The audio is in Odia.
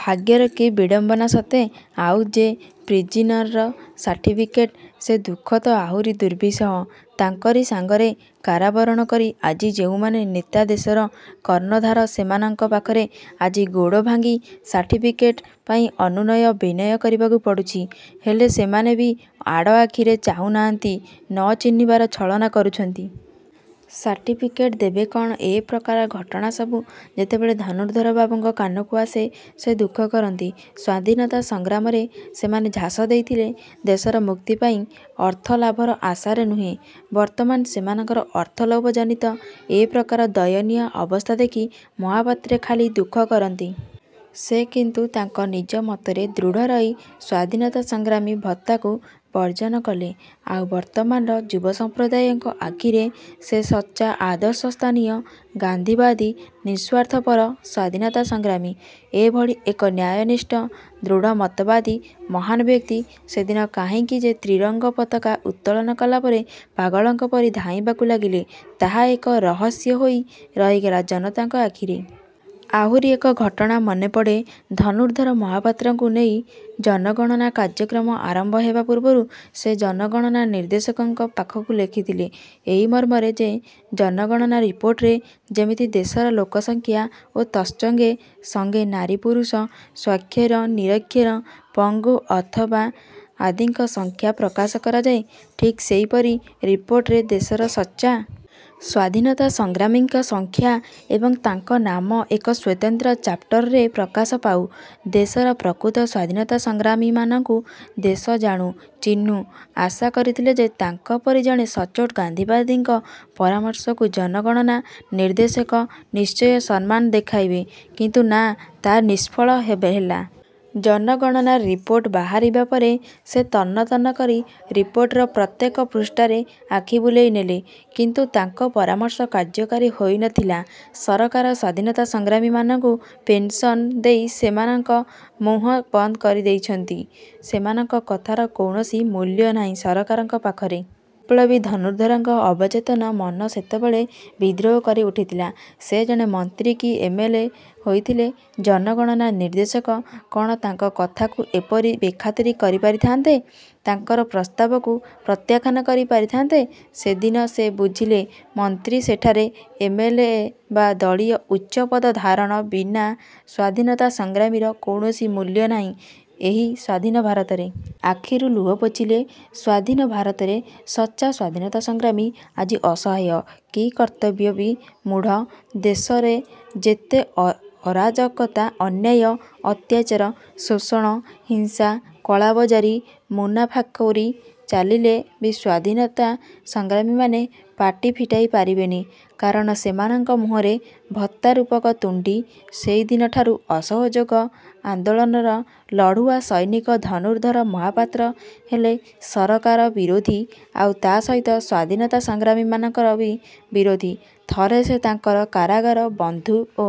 ଭାଗ୍ୟର କି ବିଡ଼ମ୍ବନା ସତେ! ଆଉ ଯେ ପ୍ରିଜିନର ସାର୍ଟିଫିକେଟ? ସେ ଦୁଃଖ ତ ଆହୁରି ଦୁର୍ବିସହ। ତାଙ୍କରି ସାଙ୍ଗରେ କାରାବରଣ କରି ଆଜି ଯେଉଁମାନେ ନେତା, ଦେଶର କର୍ଣ୍ଣଧାର ସେମାନଙ୍କ ପାଖରେ ଆଜି ଗୋଡ଼ ଭାଙ୍ଗି ସାର୍ଟିଫିକେଟ ପାଇଁ ଅନୁନୟ ବିନୟ କରିବାକୁ ପଡ଼ୁଛି ହେଲେ ସେମାନେ ବି ଆଡ଼ଆଖିରେ ଚାହୁଁନାହାନ୍ତି-ନ ଚିହ୍ନିବାର ଛଳନା କରୁଛନ୍ତି। ସାର୍ଟିଫିକେଟ୍ ଦେବେ କ'ଣ? ଏ ପ୍ରକାର ଘଟଣା ସବୁ ଯେତେବେଳେ ଧନୁର୍ଦ୍ଧରବାବୁଙ୍କ କାନକୁ ଆସେ ସେ ଦୁଃଖ କରନ୍ତି। ସ୍ୱାଧୀନତା ସଂଗ୍ରାମରେ ସେମାନେ ଝାସ ଦେଇଥିଲେ ଦେଶର ମୁକ୍ତି ପାଇଁ, ଅର୍ଥ ଲାଭର ଆଶାରେ ନୁହେଁ। ବର୍ତ୍ତମାନ ସେମାନଙ୍କର ଅର୍ଥଲୋଭଜନିତ ଏ ପ୍ରକାର ଦୟନୀୟ ଅବସ୍ଥା ଦେଖି ମହାପାତ୍ରେ ଖାଲି ଦୁଃଖ କରନ୍ତି। ସେ କିନ୍ତୁ ତାଙ୍କ ନିଜ ମତରେ ଦୃଢ଼ ରହି ସ୍ୱାଧୀନତା ସଂଗ୍ରାମୀ ଭତ୍ତାକୁ ବର୍ଜନ କଲେ, ଆଉ ବର୍ତ୍ତମାନର ଯୁବସଂପ୍ରଦାୟଙ୍କ ଆଖିରେ ସେ ସଚ୍ଚା ଆଦର୍ଶସ୍ଥାନୀୟ ଗାନ୍ଧୀବାଦୀ ନିଃସ୍ୱାର୍ଥପର ସ୍ୱାଧୀନତା ସଂଗ୍ରାମୀ। ଏ ଭଳି ଏକ ନ୍ୟାୟନିଷ୍ଠ, ଦୃଢ଼ ମତବାଦୀ ମହାନ ବ୍ୟକ୍ତି ସେଦିନ କାହିଁକି ଯେ ତ୍ରିରଙ୍ଗ ପତାକା ଉତ୍ତୋଳନ କଲାପରେ ପାଗଳଙ୍କ ପରି ଧାଇଁବାକୁ ଲାଗିଲେ ତାହା ଏକ ରହସ୍ୟ ହୋଇ ରହିଗଲା ଜନତାଙ୍କ ଆଖିରେ। ଆହୁରି ଏକ ଘଟଣା ମନେପଡ଼େ ଧନୁର୍ଦ୍ଧର ମହାପାତ୍ରଙ୍କୁ ନେଇ। ଜନଗଣନା କାର୍ଯ୍ୟକ୍ରମ ଆରମ୍ଭ ହେବାପୂର୍ବରୁ ସେ ଜନଗଣନା ନିର୍ଦ୍ଦେଶକଙ୍କ ପାଖକୁ ଲେଖିଥିଲେ ଏଇ ମର୍ମରେ ଯେ, ଜନଗଣନା ରିପୋର୍ଟରେ ଯେମିତି ଦେଶର ଲୋକସଂଖ୍ୟା ଓ ତତ୍ସଙ୍ଗେ ସଙ୍ଗେ ନାରୀ ପୁରୁଷ, ସ୍ଵାକ୍ଷର, ନିରକ୍ଷର, ପଙ୍ଗୁ ଅଥର୍ବ ଆଦିଙ୍କ ସଂଖ୍ୟା ପ୍ରକାଶ କରାଯାଏ ଠିକ୍ ସେଇପରି ରିପୋର୍ଟରେ ଦେଶର ସଚ୍ଚା। ସ୍ୱାଧୀନତା ସଂଗ୍ରାମୀଙ୍କ ସଂଖ୍ୟା ଏବଂ ତାଙ୍କ ନାମ ଏକ ସ୍ୱତନ୍ତ୍ର ଚାପ୍ଟରରେ ପ୍ରକାଶ ପାଉ। ଦେଶର ପ୍ରକୃତ ସ୍ଵାଧୀନତା ସଂଗ୍ରାମୀମାନଙ୍କୁ ଦେଶ ଜାଣୁ, ଚିହ୍ନୁ। ଆଶା କରିଥିଲେ ଯେ, ତାଙ୍କପରି ଜଣେ ସଚ୍ଚୋଟ ଗାନ୍ଧୀବାଦୀଙ୍କ ପରାମର୍ଶକୁ ଜନଗଣନା ନିର୍ଦ୍ଦେଶକ ନିଶ୍ଚୟ ସମ୍ମାନ ଦେଖାଇବେ; କିନ୍ତୁ ନା, ତାହା ନିଷ୍ଫଳ ହେଲା। ଜନଗଣନା ରିପୋର୍ଟ ବାହାରିବା ପରେ ସେ ତନ୍ନ ତନ୍ନ କରି ରିପୋର୍ଟର ପ୍ରତ୍ୟେକ ପୃଷ୍ଠାରେ ଆଖି ବୁଲେଇ ନେଲେ; କିନ୍ତୁ ତାଙ୍କ ପରାମର୍ଶ କାର୍ଯ୍ୟକାରୀ ହୋଇ ନ ଥିଲା। ସରକାର ସ୍ୱାଧୀନତା ସଂଗ୍ରାମୀମାନଙ୍କୁ ପେନ୍ସନ ଦେଇ ସେମାନଙ୍କ ମୁହଁ ବନ୍ଦ କରି ଦେଇଛନ୍ତି, ସେମାନଙ୍କ କଥାର କୌଣସି ମୂଲ୍ୟ ନାହିଁ ସରକାରଙ୍କ ପାଖରେ। ବିପ୍ଳବୀ ଧନୁର୍ଦ୍ଧରଙ୍କ ଅବଚେତନ ମନ ସେତେବେଳେ ବିଦ୍ରୋହ କରି ଉଠିଥିଲା। ସେ ଜଣେ ମନ୍ତ୍ରୀ କି ଏମ୍. ଏଲ. ଏ ହୋଇଥିଲେ ଜନଗଣନା ନିର୍ଦ୍ଦେଶକ କ'ଣ ତାଙ୍କ କଥାକୁ ଏପରି ବେଖାତିର କରି ପାରିଥାନ୍ତେ? ତାଙ୍କର ପ୍ରସ୍ତାବକୁ ପ୍ରତ୍ୟାଖ୍ୟାନ କରି ପାରିଥାନ୍ତେ? ସେଦିନ ସେ ବୁଝିଲେ ମନ୍ତ୍ରୀ, ସେଠାରେ ଏମ: ଏଲ: ଏ: ବା ଦଳୀୟ ଉଚ୍ଚପଦ ଧାରଣ ବିନା ସ୍ୱାଧୀନତା ସଂଗ୍ରାମୀର କୌଣସି ମୂଲ୍ୟ ନାହିଁ ଏହି ସ୍ଵାଧୀନ ଭାରତରେ। ଆଖିରୁ ଲୁହ ପୋଛିଲେ। ସ୍ଵାଧୀନ ଭାରତରେ ସଚ୍ଚା ସ୍ଵାଧୀନତା ସଂଗ୍ରାମୀ ଆଜି ଅସହାୟ, କିଂକର୍ତ୍ତବ୍ୟବିମୂଢ଼। ଦେଶରେ ଯେତେ ଅରାଜକତା, ଅନ୍ୟାୟ, ଅତ୍ୟାଚାର, ଶୋଷଣ, ହିଂସା, କଳାବଜାରୀ, ମୁନାଫାଖୋରୀ ଚାଲିଲେ ବି ସ୍ଵାଧୀନତା ସଂଗ୍ରାମୀମାନେ ପାଟି ଫିଟାଇ ପାରିବେନି; କାରଣ ସେମାନଙ୍କ ମୁହଁରେ ଭତ୍ତାରୂପକ ତୁଣ୍ଡି। ସେଇଦିନଠାରୁ ଅସହଯୋଗ ଆନ୍ଦୋଳନର ଲଢ଼ୁଆ ସୈନିକ ଧନୁର୍ଦ୍ଧର ମହାପାତ୍ର ହେଲେ ସରକାର ବିରୋଧୀ ଆଉ ତା' ସହିତ ସ୍ୱାଧୀନତା ସଂଗ୍ରାମୀମାନଙ୍କର ବି ବିରୋଧୀ। ଥରେ ସେ ତାଙ୍କର କାରାଗାର ବନ୍ଧୁ ଓ